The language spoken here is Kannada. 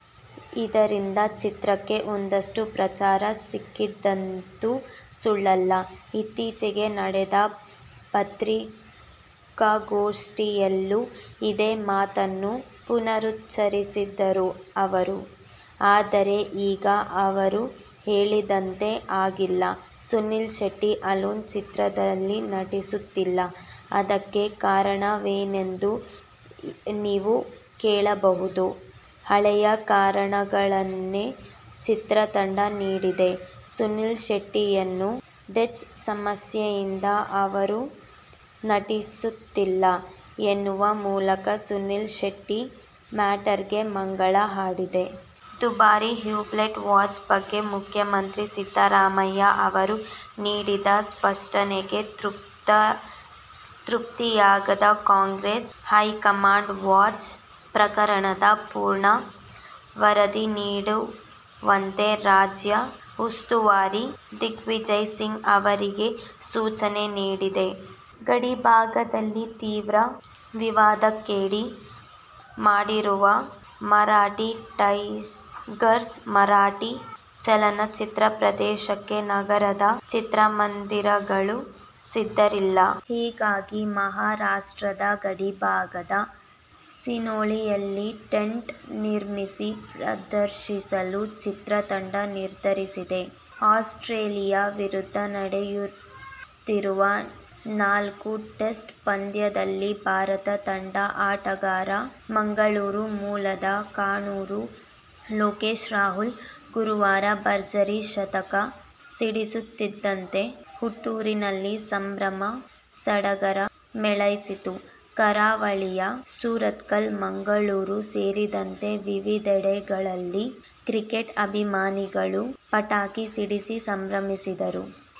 ಇದರಿಂದ ಚಿತ್ರಕ್ಕೆ ಒಂದಷ್ಟು ಪ್ರಚಾರ ಸಿಕ್ಕಿದ್ದಂತೂ ಸುಳ್ಳಲ್ಲ. ಇತ್ತೀಚೆಗೆ ನಡೆದ ಪತ್ರಿಕಾಗೋಷ್ಠಿಯಲ್ಲೂ ಇದೇ ಮಾತನ್ನು ಪುನರುತ್ಛರಿಸಿದ್ದರು ಅವರು. ಆದರೆ, ಈಗ ಅವರು ಹೇಳಿದಂತೆ ಆಗಿಲ್ಲ. ಸುನೀಲ್ ಶೆಟ್ಟಿ "ಅಲೋನ್' ಚಿತ್ರದಲ್ಲಿ ನಟಿಸುತ್ತಿಲ್ಲ. ಅದಕ್ಕೆ ಕಾರಣವೇನೆಂದು ನೀವು ಕೇಳಬಹುದು. ಹಳೆಯ ಕಾರಣಗಳನ್ನೇ ಚಿತ್ರತಂಡ ನೀಡಿದೆ. ಸುನೀಲ್ ಶೆಟ್ಟಿಯವರ ಡೇಟ್ಸ್ ಸಮಸ್ಯೆಯಿಂದ ಅವರು ನಟಿಸುತ್ತಿಲ್ಲ ಎನ್ನುವ ಮೂಲಕ ಸುನೀಲ್ ಶೆಟ್ಟಿ ಮ್ಯಾಟರ್ಗೆ ಮಂಗಳ ಹಾಡಿದೆ. ದುಬಾರಿ ಹ್ಯೂಬ್ಲೆಟ್ ವಾಚ್ ಬಗ್ಗೆ ಮುಖ್ಯಮಂತ್ರಿ ಸಿದ್ದರಾಮಯ್ಯ ಅವರು ನೀಡಿದ ಸ್ಪಷ್ಟನೆಗೆ ತೃಪ್ತಿಯಾಗದ ಕಾಂಗ್ರೆಸ್ ಹೈಕಮಾಂಡ್ ವಾಚ್ ಪ್ರಕರಣದ ಪೂರ್ಣ ವರದಿ ನೀಡುವಂತೆ ರಾಜ್ಯ ಉಸ್ತುವಾರಿ ದಿಗ್ವಿಜಯ್ ಸಿಂಗ್ ಅವರಿಗೆ ಸೂಚನೆ ನೀಡಿದೆ. ಗಡಿಭಾಗದಲ್ಲಿ ತೀವ್ರ ವಿವಾದಕ್ಕೆಡೆ ಮಾಡಿರುವ "ಮರಾಠಿ ಟೈಗರ್ಸ್' ಮರಾಠಿ ಚಲನಚಿತ್ರ ಪ್ರದರ್ಶನಕ್ಕೆ ನಗರದ ಚಿತ್ರಮಂದಿರಗಳು ಸಿದ್ಧರಿಲ್ಲ. ಹೀಗಾಗಿ ಮಹಾರಾಷ್ಟ್ರದ ಗಡಿಭಾಗದ ಸಿನೋಳಿಯಲ್ಲಿ ಟೆಂಟ್ ನಿರ್ಮಿಸಿ ಪ್ರದರ್ಶಿಸಲು ಚಿತ್ರತಂಡ ನಿರ್ಧರಿಸಿದೆ. ಆಸ್ಟ್ರೇಲಿಯ ವಿರುದ್ದ ನಡೆಯುತ್ತಿರುವ ನಾಲ್ಕನೇ ಟೆಸ್ಟ್ ಪಂದ್ಯದಲ್ಲಿ ಭಾರತ ತಂಡದ ಆಟಗಾರ ಮಂಗಳೂರು ಮೂಲದ ಕಣ್ಣೂರು ಲೋಕೇಶ್ ರಾಹುಲ್ ಗುರುವಾರ ಭರ್ಜರಿ ಶತಕ ಸಿಡಿಸುತ್ತಿದ್ದಂತೆ ಹುಟ್ಟೂರಿನಲ್ಲಿ ಸಂಭ್ರಮ ಸಡಗರ ಮೇಳೈಸಿತ್ತು. ಕರಾವಳಿಯ ಸುರತ್ಕಲ್, ಮಂಗಳೂರು ಸೇರಿದಂತೆ ವಿವಿಧೆಡೆಗಳಲ್ಲಿ ಕ್ರಿಕೆಟ್ ಅಭಿಮಾನಿಗಳು ಪಟಾಕಿ ಸಿಡಿಸಿ ಸಂಭ್ರಮಿಸಿದರು.